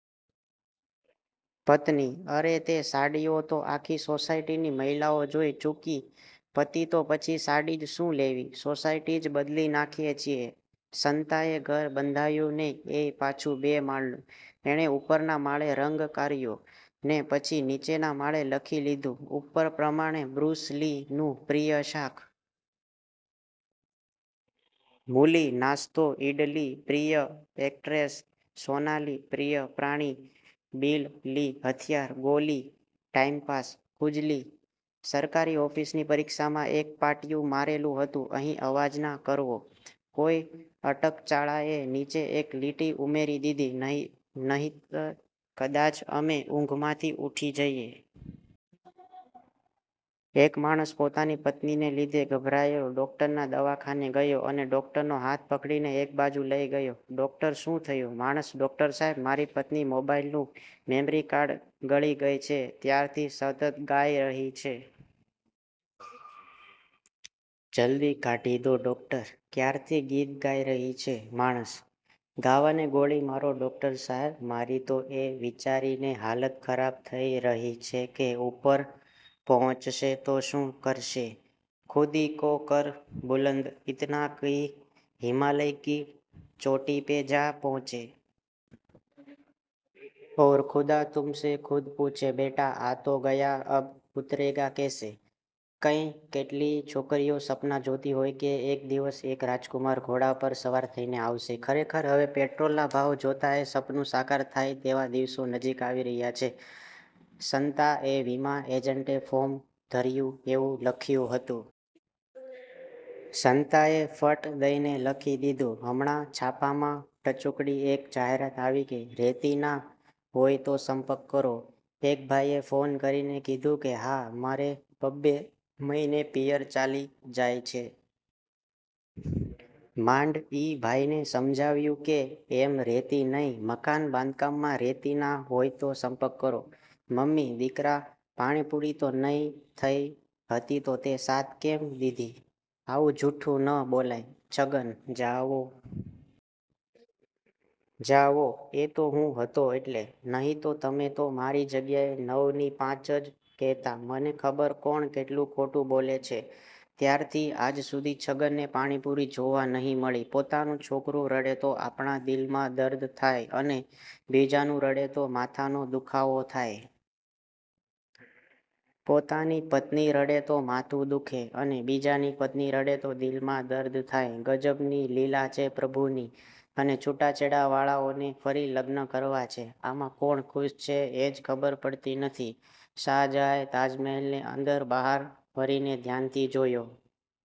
પત્ની: અરે તે સાડીઓ તો આખી સોસાયટીની મહિલાઓ જોઈ ચુકી. પતિ: તો પછી સાડી જ શું લેવી, સોસાયટી જ બદલી નાખીએ છીએ. સંતાએ ઘર બંધાવ્યું ને એય પાછું બે માળનું… એણે ઉપરના માળે રંગ કર્યો… ને પછી નીચેના માળે લખી લીધું… '' ઉપર પ્રમાણે… બ્રુસ લી નું પ્રિય શાક? મૂ-લી, નાસ્તો, ઈડ-લી. પ્રિય એક્ટ્રેસ? સોના-લી, પ્રિય પ્રાણી? બિલ-લી, હથિયાર? ગો-લી, ટાઈમપાસ? ખુજ-લી. સરકારી ઓફિસની પરીક્ષામાં એક પાટિયું મારેલું હતું: અહીં અવાજ ના કરવો. કોઈ અટકચાળાએ નીચે એક લીટી ઉમેરી દીધી: નહીતર કદાચ અમે ઊંઘમાંથી ઊઠી જઈએ. એક માણસ પોતાની પત્નીને લીધે ગભરાયો ડોક્ટરના દવાખાને ગયો અને ડોક્ટરનો હાથ પકડીને એક બાજુ લઇ ગયો, ડોક્ટર: શું થયું??? માણસ: ડોક્ટર સાહેબ, મારી પત્ની મોબાઈલ નું મેમરી કાર્ડ ગળી ગઈ છે, ત્યારથી સતત ગાઈ રહી છે. જલ્દી કાઢી દો. ડોક્ટર: ક્યારથી ગીત ગાઇ રહી છે? માણસ: ગાવાને ગોળી મારો ડોક્ટર સાહેબ, મારી તો એ વિચારીને હાલત ખરાબ થઇ રહી છે કે ઉપર પહોચશે તો શું કરશે??? ખુદી કો કર બુલંદ ઈતના કી હિમાલય કી ચોટી પે જા પહોંચે. ઔર ખુદા તુમસે ખુદ પૂછે: બેટા, આ તો ગયા અબ ઊતરેગા કૈસે? કંઈ કેટલીય છોકરીઓ સપનાં જોતી હોય છે કે એક દિવસ એક રાજકુમાર ઘોડા પર સવાર થઈને આવશે…. ખરેખર! હવે પેટ્રોલના ભાવ જોતાં એ સપનું સાકાર થાય એવા દિવસો નજીક આવી રહ્યાં છે… સંતા એ વિમા એજન્ટે ફોર્મ ધર્યું એવું લખ્યું હતું. સંતાએ ફટ દઈને લખી દીધું: હમણાં છાપામાં ટચુકડી એક જાહેરાત આવી કે, "રેતી ના હોય તો સંપર્ક કરો. " એક ભાઈએ ફોન કરીને કીધું કે, હા, મારે બબ્બે મહિને પિયર ચાલી જાય છે!! માંડ ઈ ભાઈને સમજાવ્યું કે એમ રેતી નઈ, મકાન બાંધકામ માં રેતી ના હોય તો સંપર્ક કરો. મમ્મી: દીકરા પાણીપુરી તો નઈ થઇ હતી તો તે સાત કેમ કીધી? આવું જૂઠું ન બોલાય છગન: જાવો.. જાવો.. એ તો હું હતો એટલે… નહીં તો તમે તો મારી જગ્યાએ નવ ની પાંચ જ કહેતા મને ખબર કોણ કેટલું ખોટું બોલે છે.. ત્યાંરથી આજ સુધી છગનને પાણીપુરી જોવા નહિ મળી. પોતાનું છોકરું રડે તો આપણા દિલમાં દર્દ થાય અને બીજાનું રડે તો માથાનો દુખાવો થાય. પોતાની પત્ની રડે તો માથું દુખે અને બીજાની પત્ની રડે તો દિલમાં દર્દ થાય. ગજબ ની લીલા છે પ્રભુ ની! અને છૂટાછેડા વાળાઓને ફરી લગ્ન કરવા છે! આમાં કોણ ખુશ છે એજ ખબર પડતી નથી. શાહજહાએ તાજમહેલને અંદર, બહાર ફરીને ધ્યાનથી જોયો.